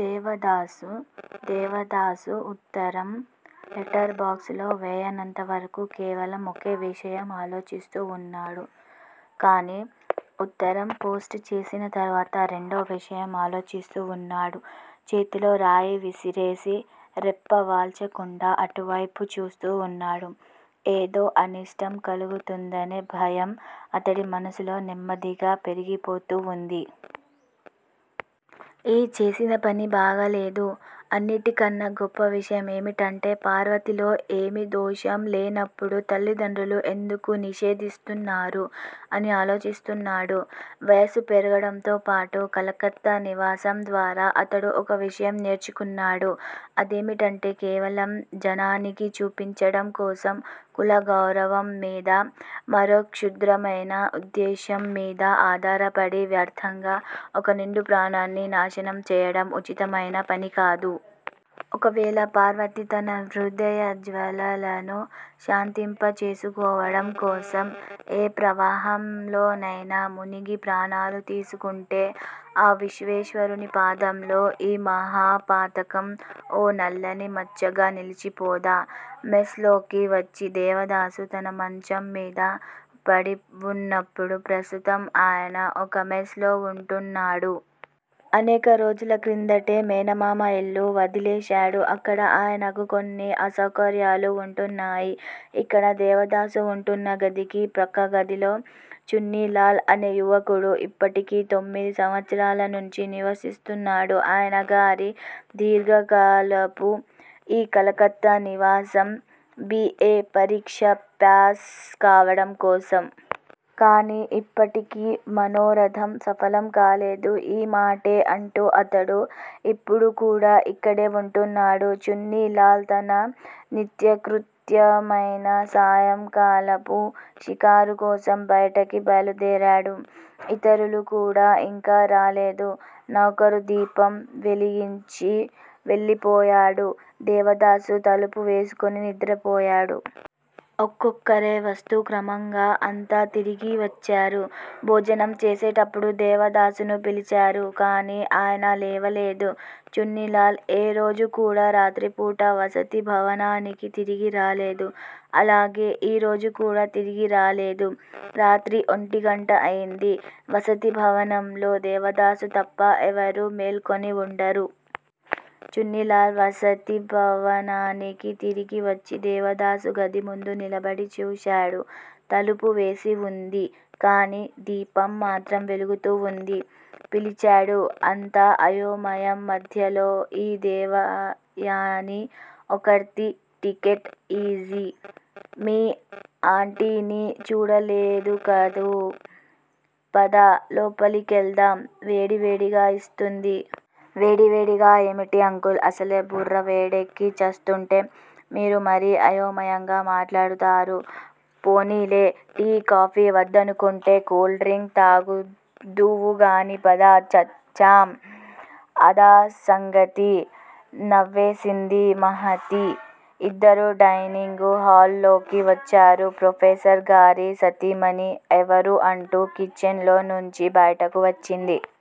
దేవదాసు దేవదాసు ఉత్తరం letter box లో వేయనంతవరకూ కేవలం ఒకే విషయం ఆలోచిస్తూ వున్నాడు. కాని ఉత్తరం పోస్ట్ చేసిన తరువాత రెండో విషయం ఆలోచిస్తూ వున్నాడు. చేతిలో రాయి విసిరేసి రెప్ప వాల్చకుండా అటువైపే చూస్తూ వున్నాడు. ఏదో అనిష్టం కలుగుతుందనే భయం అతడి మనసులో నెమ్మదిగా పెరిగిపోతూ వుంది. యీ చేసిన పని బాగాలేదు? అన్నిటి కన్నా, గొప్ప విషయం ఏమిటంటే పార్వతిలో ఏమీ దోషం లేనప్పుడు తల్లిదండ్రులు ఎందుకు నిషేధిస్తున్నారు? అని ఆలోచిస్తున్నాడు. వయసు పెరగడంతో పాటు కలకత్తా నివాసం ద్వారా అతడు ఒక విషయం నేర్చుకున్నాడు. అదేమిటంటే కేవలం జనానికి చూపించడం కోసం కుల గౌరవం మీద, మరో క్షుద్రమైన ఉద్దేశ్యం మీద ఆధారపడి వ్యర్ధంగా ఒక నిండు ప్రాణాన్ని నాశనం చేయడం ఉచితమైన పనికాదు. ఒకవేళ పార్వతి తన హృదయ జ్వాలలను శాంతింపచేసుకోవడం కోసం ఏ ప్రవాహంలోనైనా మునిగి ప్రాణాలు తీసుకుంటే ఆ విశ్వేశ్వరుని పాదంలో ఈ మహాపాతకం ఓ నల్లని మచ్చగా నిలిచిపోదా? మెస్ లోకి వచ్చి దేవదాసు తన మంచంమీద పడివున్నప్పుడు. ప్రస్తుతం ఆయన ఒక మెస్ లో వుంటున్నాడు. అనేక రోజుల క్రిందటే మేనమామ ఇల్లు వదిలేశాడు అక్కడ ఆయనకు కొన్ని అసౌకర్యాలు వుంటున్నాయి. ఇక్కడ దేవదాసు వుంటున్న గదికి ప్రక్కగదిలో చున్నీలాల్ అనే యువకుడు ఇప్పటికి తొమ్మిది సంవత్సరాల నుంచి నివసిస్తున్నాడు. ఆయనగారి దీర్ఘకాలపు ఈ కలకత్తా నివాసం బి. ఏ. పరీక్ష ప్యాస్ కావడం కోసం. కాని ఇప్పటికీ మనోరధం సఫలం కాలేదు. ఈ మాటే అంటూ అతడు ఇప్పుడుకూడా ఇక్కడే వుంటున్నాడు. చున్నీలాల్ తన నిత్యకృత్య మైన సాయంకాలపు షికారు కోసం బయటికి బయలుదేరాడు. ఇతరులు కూడా ఇంకా రాలేదు. నౌకరు దీపం వెలిగించి వెళ్ళిపోయాడు. దేవదాసు తలుపు వేసుకుని నిద్రపోయాడు. ఒక్కొక్కరే వస్తూ క్రమంగా అంతా తిరిగి వచ్చారు. భోజనం చేసేటప్పుడు దేవదాసును పిలిచారు. కాని ఆయన లేవలేదు. చున్నీలాల్ ఏ రోజు కూడా రాత్రిపూట వసతి భవనానికి తిరిగి రాలేదు. అలాగే ఈ రోజు కూడా తిరిగి రాలేదు. రాత్రి ఒంటిగంట అయింది. వసతి భవనంలో దేవదాసు తప్ప ఎవరూ మేల్కొని వుండరు. చున్నీలాల్ వసతి భవనానికి తిరిగి వచ్చి దేవదాసు గది ముందు నిలబడి చూశాడు. తలుపు వేసివుంది. కాని దీపం మాత్రం వెలుగుతూ వుంది. పిలిచాడు అంతా అయోమయం మధ్యలో ఈ దేవయాని ఒకర్తి టేకిట్ ఈజీ! మీ ఆంటీని చూడలేదుకదూ? పద లోపలికెళ్దాం- వేడివేడిగా ఇస్తుంది. వేడివేడిగా ఏమిటి అంకుల్? అసలే బుర్రవేడెక్కి చస్తుంటే. మీరు మరీ అయోమయంగా మాట్లాడతారు. పోనీలే. టీ, కాఫీ వద్దనుకుంటే కూల్ డ్రింక్ తాగుదువుగానిపద చచ్చాం! అదా సంగతి? నవ్వేసింది మహతి. ఇద్దరూ డైనింగు హాల్లోకి వచ్చారు. ప్రొఫెసర్ గారి సతీమణి 'ఎవరూ' అంటూ కిచెన్ లో నుంచి బయటకు వచ్చింది.